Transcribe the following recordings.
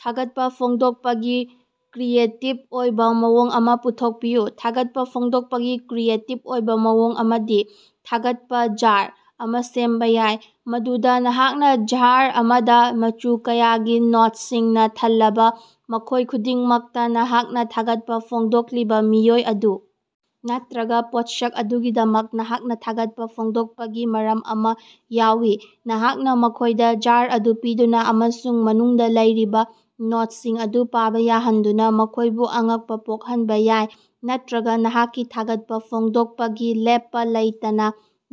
ꯊꯥꯒꯠꯄ ꯐꯣꯡꯗꯣꯛꯄꯒꯤ ꯀ꯭ꯔꯤꯌꯦꯇꯤꯕ ꯑꯣꯏꯕ ꯃꯑꯣꯡ ꯑꯃ ꯄꯨꯊꯣꯛꯄꯤꯌꯨ꯫ ꯊꯥꯒꯠꯄ ꯐꯣꯡꯗꯣꯛꯄꯒꯤ ꯀ꯭ꯔꯤꯌꯦꯇꯤꯕ ꯑꯣꯏꯕ ꯃꯑꯣꯡ ꯑꯃꯗꯤ "ꯊꯥꯒꯠꯄ ꯖꯥꯔ" ꯑꯃ ꯁꯦꯝꯕ ꯌꯥꯏ, ꯃꯗꯨꯗ ꯅꯍꯥꯛꯅ ꯖꯥꯔ ꯑꯃꯗ ꯃꯆꯨ ꯀꯌꯥꯒꯤ ꯅꯣꯇꯁꯤꯡꯅ ꯊꯜꯂꯕ, ꯃꯈꯣꯏ ꯈꯨꯗꯤꯡꯃꯛꯇ ꯅꯍꯥꯛꯅ ꯊꯥꯒꯠꯄ ꯐꯣꯡꯗꯣꯛꯂꯤꯕ ꯃꯤꯑꯣꯏ ꯑꯗꯨ ꯅꯠꯇ꯭ꯔꯒ ꯄꯣꯠꯁꯛ ꯑꯗꯨꯒꯤꯗꯃꯛ ꯅꯍꯥꯛꯅ ꯊꯥꯒꯠꯄ ꯐꯣꯡꯗꯣꯛꯄꯒꯤ ꯃꯔꯝ ꯑꯃ ꯌꯥꯎꯏ꯫ ꯅꯍꯥꯛꯅ ꯃꯈꯣꯏꯗ ꯖꯥꯔ ꯑꯗꯨ ꯄꯤꯗꯨꯅ ꯑꯃꯁꯨꯡ ꯃꯅꯨꯡꯗ ꯂꯩꯔꯤꯕ ꯅꯣꯇꯁꯤꯡ ꯑꯗꯨ ꯄꯥꯕ ꯌꯥꯍꯟꯗꯨꯅ ꯃꯈꯣꯏꯕꯨ ꯑꯉꯛꯄꯥ ꯄꯣꯛꯍꯟꯕ ꯌꯥꯏ, ꯅꯠꯇ꯭ꯔꯒ ꯅꯍꯥꯛꯀꯤ ꯊꯥꯒꯠꯄ ꯐꯣꯡꯗꯣꯛꯄꯒꯤ ꯂꯦꯞꯄ ꯂꯩꯇꯅ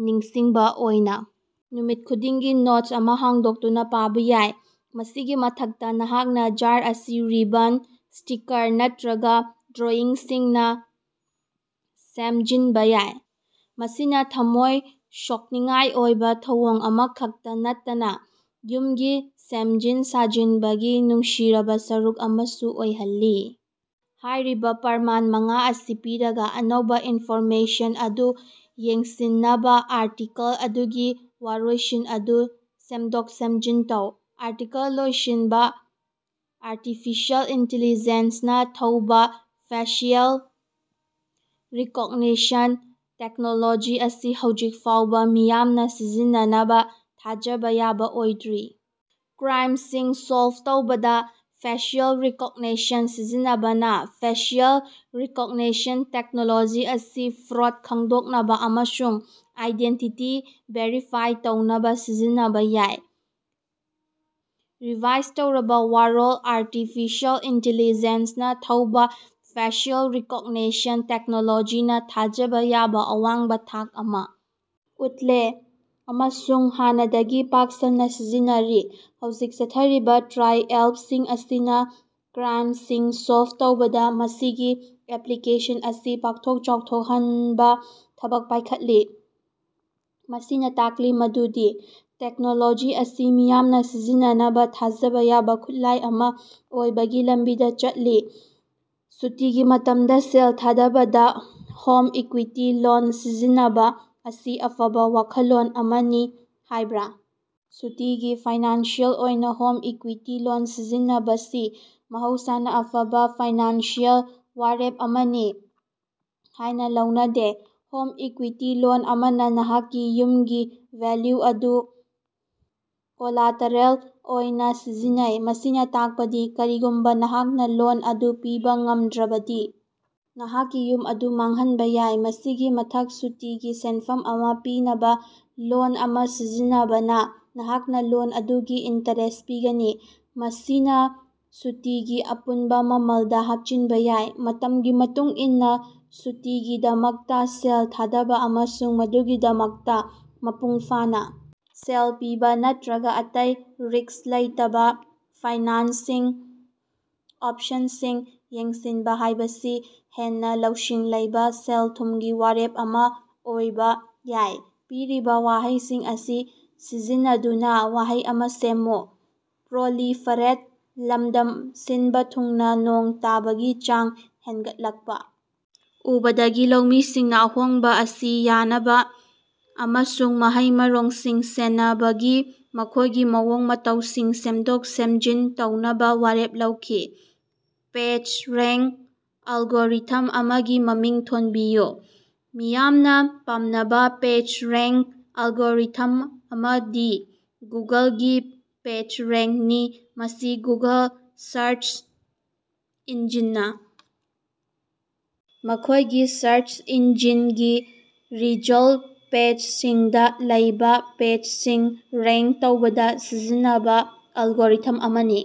ꯅꯤꯡꯁꯤꯡꯕ ꯑꯣꯏꯅ ꯅꯨꯃꯤꯠ ꯈꯨꯗꯤꯡꯒꯤ ꯅꯣꯠ ꯑꯃ ꯍꯥꯡꯗꯣꯛꯇꯨꯅ ꯄꯥꯕ ꯌꯥꯏ꯫ ꯃꯁꯤꯒꯤ ꯃꯊꯛꯇ ꯅꯍꯥꯛꯅ ꯖꯥꯔ ꯑꯁꯤ ꯔꯤꯕꯟ, ꯁ꯭ꯇꯤꯀꯥꯔ ꯅꯠꯇ꯭ꯔꯒ ꯗ꯭ꯔꯣꯏꯪꯁꯤꯡꯅ ꯁꯦꯝꯖꯤꯟꯕ ꯌꯥꯏ, ꯃꯁꯤꯅ ꯊꯝꯃꯣꯏ ꯁꯣꯛꯅꯤꯡꯉꯥꯏ ꯑꯣꯏꯕ ꯊꯧꯑꯣꯡ ꯑꯃ ꯈꯛꯇ ꯅꯠꯇꯅ ꯌꯨꯝꯒꯤ ꯁꯦꯝꯖꯤꯟ ꯁꯥꯖꯤꯟꯕꯒꯤ ꯅꯨꯡꯁꯤꯔꯕ ꯁꯔꯨꯛ ꯑꯃꯁꯨ ꯑꯣꯏꯍꯜꯂꯤ꯫ ꯍꯥꯏꯔꯤꯕ ꯄ꯭ꯔꯃꯥꯟ ꯃꯉꯥ ꯑꯁꯤ ꯄꯤꯔꯒ, ꯑꯅꯧꯕ ꯏꯟꯐꯣꯔꯃꯦꯁꯟ ꯑꯗꯨ ꯌꯦꯡꯁꯤꯟꯅꯕ ꯑꯥꯔꯇꯤꯀꯜ ꯑꯗꯨꯒꯤ ꯋꯥꯔꯣꯏꯁꯤꯟ ꯑꯗꯨ ꯁꯦꯝꯗꯣꯛ ꯁꯦꯝꯖꯤꯟ ꯇꯧ꯫ ꯑꯥꯔꯇꯤꯀꯜ ꯂꯣꯏꯁꯤꯟꯕ ꯑꯔꯇꯤꯐꯤꯁꯦꯜ ꯏꯟꯇꯤꯂꯤꯖꯦꯟ ꯅ ꯊꯧꯕ ꯐꯦꯁꯤꯑꯦꯜ ꯔꯤꯀꯣꯛꯅꯤꯁꯟ ꯇꯦꯛꯅꯣꯂꯣꯖꯤ ꯑꯁꯤ ꯍꯧꯖꯤꯛ ꯐꯥꯎꯕ ꯃꯤꯌꯥꯝꯅ ꯁꯤꯖꯤꯟꯅꯅꯕ ꯊꯥꯖꯕ ꯌꯥꯕ ꯑꯣꯏꯗ꯭ꯔꯤ꯫ ꯀ꯭ꯔꯥꯏꯃꯁꯤꯡ ꯁꯣꯜꯕ ꯇꯧꯕꯗ ꯐꯦꯁꯤꯑꯦꯜ ꯔꯤꯀꯣꯛꯅꯤꯁꯟ ꯁꯤꯖꯤꯟꯅꯕ ꯐꯦꯁꯤꯑꯦꯜ ꯔꯤꯀꯣꯛꯅꯤꯁꯟ ꯇꯦꯛꯅꯣꯂꯣꯖꯤ ꯑꯁꯤ ꯐ꯭ꯔꯣꯗ ꯈꯪꯗꯣꯛꯅꯕꯥ ꯑꯃꯁꯨꯡ ꯑꯥꯏꯗꯦꯟꯇꯤꯇꯤ ꯚꯦꯔꯤꯐꯥꯏ ꯇꯧꯅꯕ ꯁꯤꯖꯤꯟꯅꯕ ꯌꯥꯏ꯫ ꯔꯤꯚꯥꯏꯖ ꯇꯧꯔꯕ ꯋꯥꯔꯣꯜ ꯑꯔꯇꯤꯐꯤꯁꯦꯜ ꯏꯟꯇꯤꯂꯤꯖꯦꯟ ꯅ ꯊꯧꯕ ꯐꯦꯁꯤꯑꯦꯜ ꯔꯤꯀꯣꯛꯅꯤꯁꯟ ꯇꯦꯛꯅꯣꯂꯣꯖꯤꯅ ꯊꯥꯖꯕ ꯌꯥꯕ ꯑꯋꯥꯡꯕ ꯊꯥꯛ ꯑꯃ ꯎꯠꯂꯦ ꯑꯃꯁꯨꯡ ꯍꯥꯟꯅꯗꯒꯤ ꯄꯥꯛ ꯁꯟꯅ ꯁꯤꯖꯤꯟꯅꯔꯤ꯫ ꯍꯧꯖꯤꯛ ꯆꯠꯊꯔꯤꯕꯥ ꯇ꯭ꯔꯥꯏꯑꯦꯜꯁꯤꯡ ꯑꯁꯤꯅ ꯀ꯭ꯔꯥꯏꯃꯁꯤꯡ ꯁꯣꯜꯕ ꯇꯧꯕꯗ ꯃꯁꯤꯒꯤ ꯑꯦꯄ꯭ꯂꯤꯀꯦꯁꯟ ꯑꯁꯤ ꯄꯥꯛꯊꯣꯛ ꯆꯥꯎꯊꯣꯛꯍꯟꯅꯕ ꯊꯕꯛ ꯄꯥꯏꯈꯠꯂꯤ, ꯃꯁꯤꯅ ꯇꯥꯛꯂꯤ ꯃꯗꯨꯗꯤ ꯇꯦꯛꯅꯣꯂꯣꯖꯤ ꯑꯁꯤ ꯃꯤꯌꯥꯝꯅ ꯁꯤꯖꯤꯟꯅꯅꯕ ꯊꯥꯖꯕ ꯌꯥꯕ ꯈꯨꯠꯂꯥꯏ ꯑꯃ ꯑꯣꯏꯕꯒꯤ ꯂꯝꯕꯤꯗ ꯆꯠꯂꯤ꯫ ꯁꯨꯇꯤꯒꯤ ꯃꯇꯝꯗ ꯁꯦꯜ ꯊꯥꯗꯕꯗ ꯍꯣꯝ ꯏꯀꯨꯏꯇꯤ ꯂꯣꯟ ꯁꯤꯖꯤꯟꯅꯕ ꯑꯁꯤ ꯑꯐꯕ ꯋꯥꯈꯜꯂꯣꯟ ꯑꯃꯅꯤ ꯍꯥꯏꯕ꯭ꯔ? ꯁꯨꯇꯤꯒꯤ ꯐꯥꯏꯅꯥꯟꯁꯤꯑꯦꯜ ꯑꯣꯏꯅ ꯍꯣꯝ ꯏꯀꯨꯏꯇꯤ ꯂꯣꯟ ꯁꯤꯖꯤꯟꯅꯕꯁꯤ ꯃꯍꯧꯁꯥꯅ ꯑꯐꯕ ꯐꯥꯏꯅꯥꯟꯁꯤꯑꯦꯜ ꯋꯥꯔꯦꯞ ꯑꯃꯅꯤ ꯍꯥꯏꯅ ꯂꯧꯅꯗꯦ꯫ ꯍꯣꯝ ꯏꯀꯨꯏꯇꯤ ꯂꯣꯟ ꯑꯃꯅ ꯅꯍꯥꯛꯀꯤ ꯌꯨꯝꯒꯤ ꯚꯦꯜꯌꯨ ꯑꯗꯨ ꯀꯣꯂꯥꯇꯦꯔꯦꯜ ꯑꯣꯏꯅ ꯁꯤꯖꯤꯟꯅꯩ, ꯃꯁꯤꯅ ꯇꯥꯛꯄꯗꯤ ꯀꯔꯤꯒꯨꯝꯕ ꯅꯍꯥꯛꯅ ꯂꯣꯟ ꯑꯗꯨ ꯄꯤꯕꯥ ꯉꯝꯗ꯭ꯔꯕꯗꯤ ꯅꯍꯥꯛꯀꯤ ꯌꯨꯝ ꯑꯗꯨ ꯃꯥꯡꯍꯟꯕ ꯌꯥꯏ꯫ ꯃꯁꯤꯒꯤ ꯃꯊꯛꯁꯨꯇꯤꯒꯤ ꯁꯦꯟꯐꯝ ꯑꯃ ꯄꯤꯅꯕ ꯂꯣꯟ ꯑꯃ ꯁꯤꯖꯤꯟꯅꯕꯅ ꯅꯍꯥꯛꯅ ꯂꯣꯟ ꯑꯗꯨꯒꯤ ꯏꯟꯇꯔꯦꯁ ꯄꯤꯒꯅꯤ, ꯃꯁꯤꯅ ꯁꯨꯇꯤꯒꯤ ꯑꯄꯨꯟꯕ ꯃꯃꯜꯗ ꯍꯥꯞꯆꯤꯟꯕ ꯌꯥꯏ꯫ ꯃꯇꯝꯒꯤ ꯃꯇꯨꯡꯏꯟꯅ ꯁꯨꯇꯤꯒꯤꯗꯃꯛꯇ ꯁꯦꯜ ꯊꯥꯗꯕ ꯑꯃꯁꯨꯡ ꯃꯗꯨꯒꯤꯗꯃꯛꯇ ꯃꯄꯨꯡ ꯐꯥꯅ ꯁꯦꯜ ꯄꯤꯕ ꯅꯠꯇꯔꯒ ꯑꯇꯩ ꯔꯤꯛꯁ ꯂꯩꯇꯕ ꯐꯥꯏꯅꯥꯟꯁꯤꯡ ꯑꯣꯄꯁꯟꯁꯤꯡ ꯌꯦꯡꯁꯤꯟꯕ ꯍꯥꯏꯕꯁꯤ ꯍꯦꯟꯅ ꯂꯧꯁꯤꯡ ꯂꯩꯕ ꯁꯦꯜ-ꯊꯨꯝꯒꯤ ꯋꯥꯔꯦꯞ ꯑꯃ ꯑꯣꯏꯕ ꯌꯥꯏ꯫ ꯄꯤꯔꯤꯕꯥ ꯋꯥꯍꯩꯁꯤꯡ ꯑꯁꯤ ꯁꯤꯖꯤꯟꯅꯗꯨꯅ ꯋꯥꯍꯩ ꯑꯃ ꯁꯦꯝꯃꯨ ꯄ꯭ꯔꯣꯂꯤꯐꯦꯔꯦꯠ ꯂꯝꯗꯝ ꯁꯤꯟꯕ ꯊꯨꯡꯅ ꯅꯣꯡ ꯇꯥꯕꯒꯤ ꯆꯥꯡ ꯍꯦꯟꯒꯠꯂꯛꯄ ꯎꯕꯗꯒꯤ ꯂꯧꯃꯤꯁꯤꯡꯅ ꯑꯍꯣꯡꯕ ꯑꯁꯤ ꯌꯥꯅꯕ ꯑꯃꯁꯨꯡ ꯃꯍꯩ-ꯃꯔꯣꯡꯁꯤꯡ ꯁꯦꯟꯅꯕꯒꯤ ꯃꯈꯣꯏꯒꯤ ꯃꯑꯣꯡ ꯃꯇꯧꯁꯤꯡ ꯁꯦꯝꯗꯣꯛ ꯁꯦꯝꯖꯤꯟ ꯇꯧꯅꯕ ꯋꯥꯔꯦꯞ ꯂꯧꯈꯤ꯫ ꯄꯦꯖ ꯔꯦꯉ꯭ꯛ ꯑꯦꯂꯒꯣꯔꯤꯊꯝ ꯑꯃꯒꯤ ꯃꯃꯤꯡ ꯊꯣꯟꯕꯤꯌꯨ꯫ ꯃꯤꯌꯥꯝꯅ ꯄꯥꯝꯅꯕ ꯄꯦꯖꯔꯦꯉ꯭ꯛ ꯑꯦꯂꯒꯣꯔꯤꯊꯝ ꯑꯃꯗꯤ ꯒꯨꯒꯜꯒꯤ ꯄꯦꯖꯔꯦꯉ꯭ꯛꯅꯤ, ꯃꯁꯤ ꯒꯨꯒꯜ ꯁꯔꯆ ꯏꯟꯖꯤꯟꯅ ꯃꯈꯣꯏꯒꯤ ꯁꯔꯆ ꯏꯟꯖꯤꯟꯒꯤ ꯔꯤꯖꯜꯇ ꯄꯦꯖꯁꯤꯡꯗ ꯂꯩꯕ ꯄꯦꯖꯁꯤꯡ ꯔꯦꯉ꯭ꯛ ꯇꯧꯕꯗ ꯁꯤꯖꯤꯟꯅꯕ ꯑꯦꯂꯒꯣꯔꯤꯊꯝ ꯑꯃꯅꯤ꯫